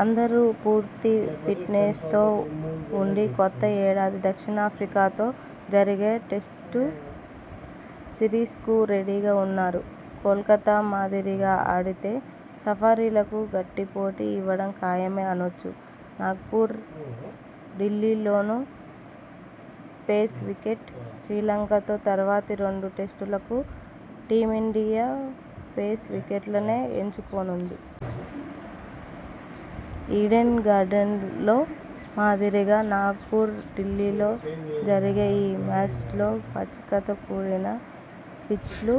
అందరూ పూర్తి ఫిట్నెస్తో ఉండి కొత్త ఏడాది దక్షిణాఫ్రికాతో జరిగే టెస్టు సిరీస్కు రెడీగా ఉన్నారు. కోల్కతా మాదిరిగా ఆడితే సఫారీలకు గట్టి పోటీ ఇవ్వడం ఖాయమే అనొచ్చు! నాగ్పూర్, ఢిల్లీలోనూ పేస్ వికెట్! శ్రీలంకతో తర్వాతి రెండు టెస్టుల కు టీమిండియా పేస్ వికెట్లనే ఎంచు కోనుంది. ఈడెన్ గార్డెన్స్లో మాదిరిగా నాగ్పూర్, ఢిల్లీలో జరిగే ఈ మ్యాచ్ల్లో పచ్చికతో కూడిన పిచ్లు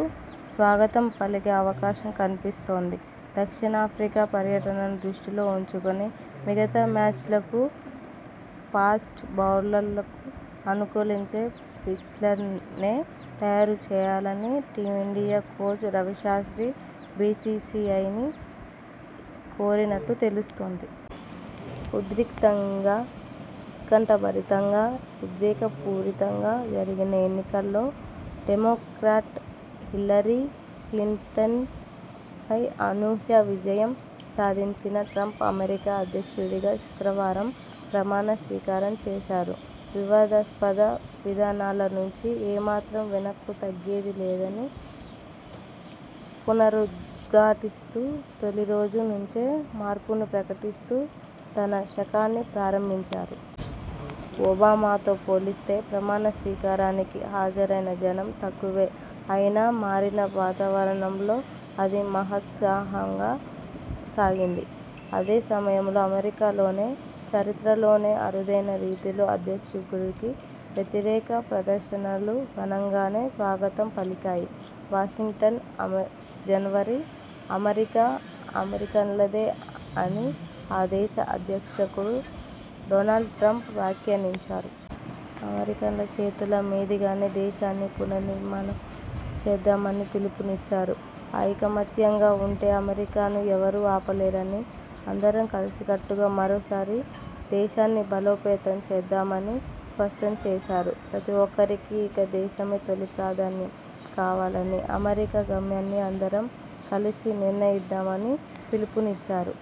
స్వాగతం పలికే అవకాశం కనిపిస్తోంది. దక్షిణాఫ్రికా పర్యటనను దృష్టిలో ఉంచుకొని మిగతా మ్యాచ్లకూ ఫాస్ట్ బౌలర్లకు అనుకూలించే పిచ్లనే తయారు చేయాలని టీమిండియా కోచ్ రవిశాస్ర్తి బీసీసీఐని కోరినట్టు తెలుస్తోంది. ఉద్రిక్తంగా, ఉత్కంఠభరితంగా, ఉద్వేగపూరితంగా జరిగిన ఎన్నికల్లో డెమోక్రాట్ హిల్లరీ క్లింటన్పై అనూహ్య విజయం సాధించిన ట్రంప్ అమెరికా అధ్యక్షుడిగా శుక్రవారం ప్రమాణ స్వీకారం చేశారు. వివాదాస్పద విధానాల నుంచి ఏ మాత్రం వెనక్కు తగ్గేదిలేదని పునరుద్ఘాటిస్తూ తొలి రోజు నుంచే మార్పును ప్రకటిస్తూ తన శకాన్ని ప్రారంభించారు. ఒబామాతో పోలిస్తే ప్రమాణ స్వీకారానికి హాజరైన జనం తక్కువే అయినా మారిన వాతావరణంలో అది మహోత్సాహంగా సాగింది. అదే సమయంలో అమెరికాలోనే చరిత్రలోనే అరుదైన రీతిలో అధ్యక్షుడికి వ్యతిరేక ప్రదర్శనలూ 'ఘనంగానే' స్వాగతం పలికాయి. వాషింగ్టన్, జనవరి: అమెరికా అమెరికన్లదే అని ఆ దేశ అధ్యక్షుడు డొనాల్డ్ ట్రంప్ వ్యాఖ్యానించారు. అమెరికన్ల చేతుల మీదుగానే దేశాన్ని పునర్నిర్మాణం చేద్దామని పిలుపునిచ్చారు. ఐకమత్యంగా ఉంటే అమెరికాను ఎవరూ ఆపలేరని, అందరం కలిసికట్టుగా మరోసారి దేశాన్ని బలోపేతం చేద్దామని స్పష్టం చేశారు. ప్రతి ఒక్కరికీ ఇక దేశమే తొలి ప్రాధాన్యం కావాలని, అమెరికా గమ్యాన్ని అందరం కలిసి నిర్ణయిద్దామని పిలుపునిచ్చారు.